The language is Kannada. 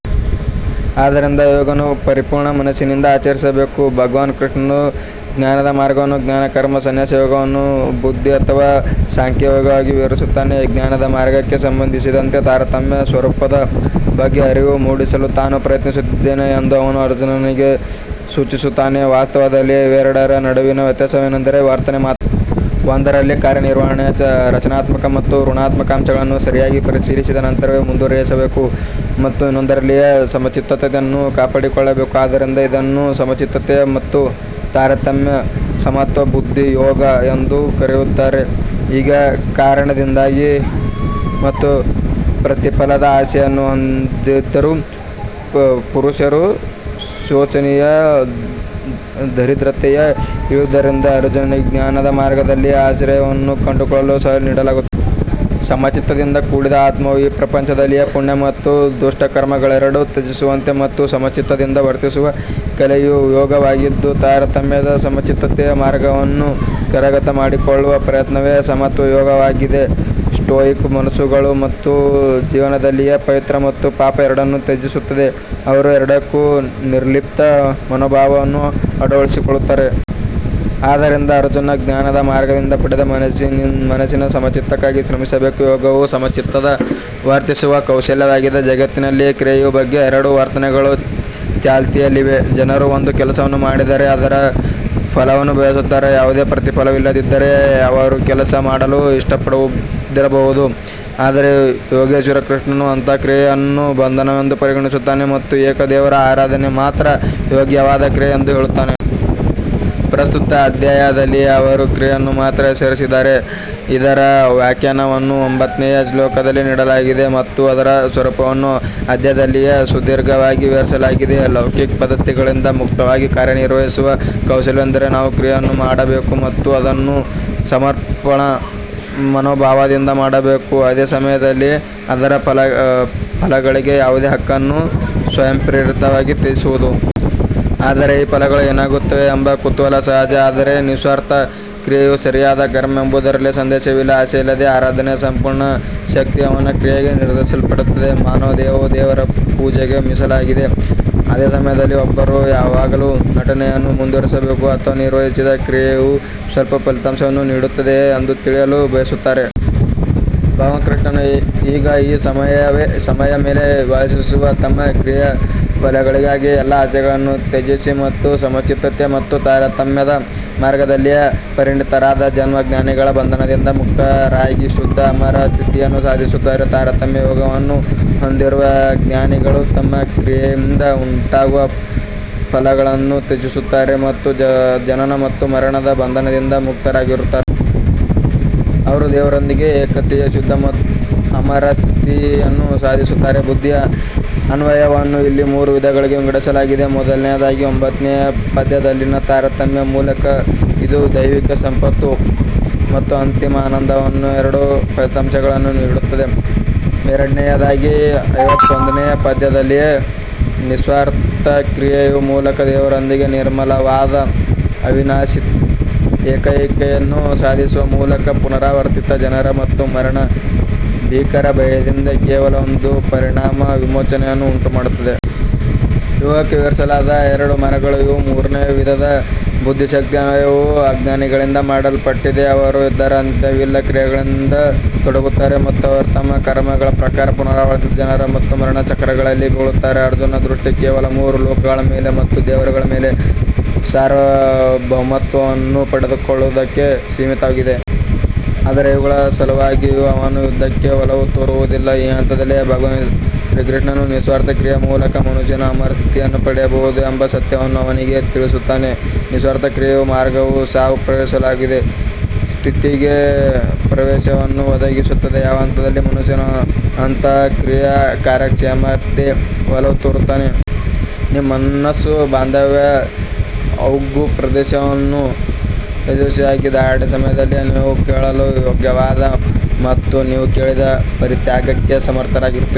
ಆದ್ದರಿಂದ ಯೋಗವನ್ನು ಪರಿಪೂರ್ಣ ಮನಸ್ಸಿನಿಂದ ಆಚರಿಸಬೇಕು. ಭಗವಾನ್ ಕೃಷ್ಣನು ಜ್ಞಾನದ ಮಾರ್ಗವನ್ನು ಜ್ಞಾನ ಕರ್ಮ ಸನ್ಯಾಸ ಯೋಗವನ್ನು ಬುದ್ಧಿ ಅಥವಾ ಸಾಂಖ್ಯ ಯೋಗವಾಗಿ ವಿವರಿಸುತ್ತಾನೆ. ಜ್ಞಾನದ ಮಾರ್ಗಕ್ಕೆ ಸಂಬಂಧಿಸಿದಂತೆ ತಾರತಮ್ಯದ ಸ್ವರೂಪದ ಬಗ್ಗೆ ಅರಿವು ಮೂಡಿಸಲು ತಾನು ಪ್ರಯತ್ನಿಸಿದ್ದೇನೆ ಎಂದು ಅವನು ಅರ್ಜುನನಿಗೆ ಸೂಚಿಸುತ್ತಾನೆ. ವಾಸ್ತವದಲ್ಲಿ ಇವೆರಡರ ನಡುವಿನ ವ್ಯತ್ಯಾಸವೆಂದರೆ ವರ್ತನೆ ಮಾತ್ರ. ಒಂದರಲ್ಲಿ ಕಾರ್ಯನಿರ್ವಹಣೆಯ ರಚನಾತ್ಮಕ ಮತ್ತು ಋಣಾತ್ಮಕ ಅಂಶಗಳನ್ನು ಸರಿಯಾಗಿ ಪರಿಶೀಲಿಸಿದ ನಂತರವೇ ಮುಂದುವರಿಯಬೇಕು ಮತ್ತು ಇನ್ನೊಂದರಲ್ಲಿ ಸಮಚಿತ್ತತೆಯನ್ನು ಕಾಪಾಡಿಕೊಳ್ಳಬೇಕು. ಆದ್ದರಿಂದ ಇದನ್ನು ಸಮಚಿತ್ತತೆ ಮತ್ತು ತಾರತಮ್ಯ ಸಮತ್ವ ಬುದ್ಧಿ ಯೋಗ ಎಂದೂ ಕರೆಯುತ್ತಾರೆ. ಈ ಕಾರಣದಿಂದಾಗಿ ಮತ್ತು ಪ್ರತಿಫಲದ ಆಸೆಯನ್ನು ಹೊಂದಿರುವ ಪುರುಷರು ಶೋಚನೀಯ ದರಿದ್ರತೆಗೆ ಇಳಿಯುವುದರಿಂದ ಅರ್ಜುನನಿಗೆ ಜ್ಞಾನದ ಮಾರ್ಗದಲ್ಲಿ ಆಶ್ರಯವನ್ನು ಕಂಡುಕೊಳ್ಳಲು ಸಲಹೆ ನೀಡಲಾಗುತ್ತದೆ. ಸಮಚಿತ್ತದಿಂದ ಕೂಡಿದ ಆತ್ಮವು ಈ ಪ್ರಪಂಚದಲ್ಲಿಯೇ ಪುಣ್ಯ ಮತ್ತು ದುಷ್ಟ ಕರ್ಮಗಳೆರಡನ್ನೂ ತ್ಯಜಿಸುವಂತೆ ಮತ್ತು ಸಮಚಿತ್ತದಿಂದ ವರ್ತಿಸುವ ಕಲೆಯು ಯೋಗವಾಗಿದ್ದು ತಾರತಮ್ಯದ ಸಮಚಿತ್ತತೆಯ ಮಾರ್ಗವನ್ನು ಕರಗತ ಮಾಡಿಕೊಳ್ಳುವ ಪ್ರಯತ್ನವೇ ಸಮತ್ವ ಯೋಗವಾಗಿದೆ. ಸ್ಟೋಯಿಕ್ ಮನಸ್ಸುಗಳು ಈ ಜೀವನದಲ್ಲಿಯೇ ಪವಿತ್ರ ಮತ್ತು ಪಾಪ ಎರಡನ್ನೂ ತ್ಯಜಿಸುತ್ತವೆ. ಅವರು ಎರಡಕ್ಕೂ ನಿರ್ಲಿಪ್ತ ಮನೋಭಾವವನ್ನು ಅಳವಡಿಸಿಕೊಳ್ಳುತ್ತಾರೆ. ಆದ್ದರಿಂದ ಅರ್ಜುನನು ಜ್ಞಾನದ ಮಾರ್ಗದಿಂದ ಪಡೆದ ಮನಸ್ಸಿನ ಸಮಚಿತ್ತಕ್ಕಾಗಿ ಶ್ರಮಿಸಬೇಕು. ಯೋಗವು ಸಮಚಿತ್ತದಿಂದ ವರ್ತಿಸುವ ಕೌಶಲ್ಯವಾಗಿದೆ. ಜಗತ್ತಿನಲ್ಲಿ ಕ್ರಿಯೆಯ ಬಗ್ಗೆ ಎರಡು ವರ್ತನೆಗಳು ಚಾಲ್ತಿಯಲ್ಲಿವೆ. ಜನರು ಒಂದು ಕೆಲಸವನ್ನು ಮಾಡಿದರೆ ಅದರ ಫಲವನ್ನೂ ಬಯಸುತ್ತಾರೆ. ಯಾವುದೇ ಪ್ರತಿಫಲವಿಲ್ಲದಿದ್ದರೆ ಅವರು ಕೆಲಸ ಮಾಡಲು ಇಷ್ಟಪಡದಿರಬಹುದು. ಆದರೆ ಯೋಗೇಶ್ವರ ಕೃಷ್ಣನು ಅಂತಹ ಕ್ರಿಯೆಯನ್ನು ಬಂಧನವೆಂದು ಪರಿಗಣಿಸುತ್ತಾನೆ ಮತ್ತು ಏಕ ದೇವರ ಆರಾಧನೆ ಮಾತ್ರ ಯೋಗ್ಯವಾದ ಕ್ರಿಯೆ ಎಂದು ಹೇಳುತ್ತಾನೆ. ಪ್ರಸ್ತುತ ಅಧ್ಯಾಯದಲ್ಲಿ ಅವರು ಕ್ರಿಯೆಯನ್ನು ಮಾತ್ರ ಹೆಸರಿಸಿದ್ದಾರೆ. ಇದರ ವ್ಯಾಖ್ಯಾನವನ್ನು ಒಂಬತ್ತನೇ ಶ್ಲೋಕದಲ್ಲಿ ನೀಡಲಾಗಿದೆ ಮತ್ತು ಅದರ ಸ್ವರೂಪವನ್ನು ಅಧ್ಯಾಯದಲ್ಲಿ ಸುದೀರ್ಘವಾಗಿ ವಿವರಿಸಲಾಗಿದೆ. ಲೌಕಿಕ ಪದ್ಧತಿಗಳಿಂದ ಮುಕ್ತವಾಗಿ ಕಾರ್ಯನಿರ್ವಹಿಸುವ ಕೌಶಲ್ಯವೆಂದರೆ ನಾವು ಕ್ರಿಯೆಯನ್ನು ಮಾಡಬೇಕು ಮತ್ತು ಅದನ್ನು ಸಮರ್ಪಣಾ ಮನೋಭಾವದಿಂದ ಮಾಡಬೇಕು. ಅದೇ ಸಮಯದಲ್ಲಿ ಅದರ ಫಲಗಳಿಗೆ ಯಾವುದೇ ಹಕ್ಕನ್ನು ಸ್ವಯಂಪ್ರೇರಿತವಾಗಿ ತ್ಯಜಿಸುವುದು. ಆದರೆ ಈ ಫಲಗಳು ಏನಾಗುತ್ತವೆ ಎಂಬ ಕುತೂಹಲ ಸಹಜ. ಆದರೆ ನಿಸ್ವಾರ್ಥ ಕ್ರಿಯೆಯೇ ಸರಿಯಾದ ಕ್ರಮ ಎಂಬುದರಲ್ಲಿ ಸಂದೇಹವಿಲ್ಲ. ಆಸೆಯಿಲ್ಲದ ಆರಾಧಕನ ಸಂಪೂರ್ಣ ಶಕ್ತಿಯು ಅವನ ಕ್ರಿಯೆಗೆ ನಿರ್ದೇಶಿಸಲ್ಪಡುತ್ತದೆ. ಮಾನವ ದೇಹವು ದೇವರ ಪೂಜೆಗೆ ಮೀಸಲಾಗಿದೆ. ಅದೇ ಸಮಯದಲ್ಲಿ ಒಬ್ಬರು ಯಾವಾಗಲೂ ನಟನೆಯನ್ನು ಮುಂದುವರಿಸಬೇಕೇ ಅಥವಾ ನಿರ್ವಹಿಸಿದ ಕ್ರಿಯೆಯು ಸ್ವಲ್ಪ ಫಲಿತಾಂಶವನ್ನು ನೀಡುತ್ತದೆಯೇ ಎಂದು ತಿಳಿಯಲು ಬಯಸುತ್ತಾರೆ. ಭಗವಾನ್ ಕೃಷ್ಣನು ಈಗ ಈ ಸಮಸ್ಯೆಯ ಮೇಲೆ ವಾಸಿಸುತ್ತಾನೆ. ತಮ್ಮ ಕ್ರಿಯೆಯ ಫಲಗಳಿಗಾಗಿ ಎಲ್ಲಾ ಆಸೆಗಳನ್ನು ತ್ಯಜಿಸಿ ಮತ್ತು ಸಮಚಿತ್ತತೆ ಮತ್ತು ತಾರತಮ್ಯದ ಮಾರ್ಗದಲ್ಲಿ ಪರಿಣತರಾದ ಜನ್ಮ ಜ್ಞಾನಿಗಳ ಬಂಧನದಿಂದ ಮುಕ್ತರಾಗಿ ಶುದ್ಧ ಅಮರ ಸ್ಥಿತಿಯನ್ನು ಸಾಧಿಸುತ್ತಾರೆ. ತಾರತಮ್ಯದ ಯೋಗವನ್ನು ಹೊಂದಿರುವ ಜ್ಞಾನಿಗಳು ತಮ್ಮ ಕ್ರಿಯೆಯಿಂದ ಉಂಟಾಗುವ ಫಲಗಳನ್ನು ತ್ಯಜಿಸುತ್ತಾರೆ ಮತ್ತು ಜನನ ಮತ್ತು ಮರಣದ ಬಂಧನದಿಂದ ಮುಕ್ತರಾಗುತ್ತಾರೆ. ಅವರು ದೇವರೊಂದಿಗೆ ಏಕತೆಯ ಶುದ್ಧ ಅಮರ ಸ್ಥಿತಿಯನ್ನು ಸಾಧಿಸುತ್ತಾರೆ. ಬುದ್ಧಿಯ ಅನ್ವಯವನ್ನು ಇಲ್ಲಿ ಮೂರು ವಿಧಗಳಾಗಿ ವಿಂಗಡಿಸಲಾಗಿದೆ. ಮೊದಲನೆಯದಾಗಿ ಒಂಬತ್ತನೇ ಪದ್ಯದಲ್ಲಿನ ತಾರತಮ್ಯದ ಮೂಲಕ ಇದು ದೈವಿಕ ಸಂಪತ್ತು ಮತ್ತು ಅಂತಿಮ ಆನಂದವನ್ನು ಎರಡು ಫಲಿತಾಂಶಗಳನ್ನು ನೀಡುತ್ತದೆ. ಎರಡನೆಯದಾಗಿ ಐವತ್ತೊಂದನೇ ಪದ್ಯದಲ್ಲಿ ನಿಸ್ವಾರ್ಥ ಕ್ರಿಯೆಯ ಮೂಲಕ ದೇವರೊಂದಿಗೆ ನಿರ್ಮಲವಾದ ಅವಿನಾಶಿ ಏಕತೆಯನ್ನು ಸಾಧಿಸುವ ಮೂಲಕ ಪುನರಾವರ್ತಿತ ಜನನ ಮತ್ತು ಮರಣದ ಭೀಕರ ಭಯದಿಂದ ಕೇವಲ ಒಂದು ಪರಿಣಾಮದ ವಿಮೋಚನೆಯನ್ನು ಉಂಟುಮಾಡುತ್ತದೆ. ಯೋಗಕ್ಕೆ ವಿವರಿಸಲಾದ ಎರಡು ಮಾರ್ಗಗಳು ಇವು. ಮೂರನೆಯ ವಿಧದ ಬುದ್ಧಿಶಕ್ತಿಯ ಅನ್ವಯವು ಅಜ್ಞಾನಿಗಳಿಂದ ಮಾಡಲ್ಪಟ್ಟಿದೆ. ಅವರು ಇತರ ಅಂತ್ಯವಿಲ್ಲದ ಕ್ರಿಯೆಗಳಲ್ಲಿ ತೊಡಗುತ್ತಾರೆ ಮತ್ತು ಅವರು ತಮ್ಮ ಕರ್ಮಗಳ ಪ್ರಕಾರ ಪುನರಾವರ್ತಿತ ಜನನ ಮತ್ತು ಮರಣದ ಚಕ್ರಗಳಲ್ಲಿ ಬೀಳುತ್ತಾರೆ. ಅರ್ಜುನನ ದೃಷ್ಟಿ ಕೇವಲ ಮೂರು ಲೋಕಗಳ ಮೇಲೆ ಮತ್ತು ದೇವರುಗಳ ಮೇಲೆ ಸಾರ್ವಭೌಮತ್ವವನ್ನು ಪಡೆದುಕೊಳ್ಳುವುದಕ್ಕೆ ಸೀಮಿತವಾಗಿದೆ. ಆದರೆ ಇವುಗಳ ಸಲುವಾಗಿಯೂ ಅವನು ಯುದ್ಧಕ್ಕೆ ಒಲವು ತೋರುವುದಿಲ್ಲ. ಈ ಹಂತದಲ್ಲಿ ಭಗವಾನ್ ಶ್ರೀಕೃಷ್ಣನು ನಿಸ್ವಾರ್ಥ ಕ್ರಿಯೆಯ ಮೂಲಕ ಮನುಷ್ಯನು ಅಮರ ಸ್ಥಿತಿಯನ್ನು ಪಡೆಯಬಹುದು ಎಂಬ ಸತ್ಯವನ್ನು ಅವನಿಗೆ ತಿಳಿಸುತ್ತಾನೆ. ನಿಸ್ವಾರ್ಥ ಕ್ರಿಯೆಯ ಮಾರ್ಗವು ಸಾವು ಪ್ರವೇಶಿಸಲಾಗದ ಸ್ಥಿತಿಗೆ ಪ್ರವೇಶವನ್ನು ಒದಗಿಸುತ್ತದೆ. ಯಾವ ಹಂತದಲ್ಲಿ ಮನುಷ್ಯ ಅಂತಹ ಕ್ರಿಯೆಯ ಕಾರ್ಯಕ್ಷಮತೆಗೆ ಒಲವು ತೋರುತ್ತಾನೆ. ನಿಮ್ಮ ಮನಸ್ಸು ಬಾಂಧವ್ಯದ ಜೌಗುಪ್ರದೇಶವನ್ನು ಯಶಸ್ವಿಯಾಗಿ ದಾಟಿದ ಸಮಯದಲ್ಲಿ ನೀವು ಕೇಳಲು ಯೋಗ್ಯವಾದ ಮತ್ತು ನೀವು ಕೇಳಿದ ಪರಿತ್ಯಾಗಕ್ಕೆ ಸಮರ್ಥರಾಗುತ್ತೀರಿ.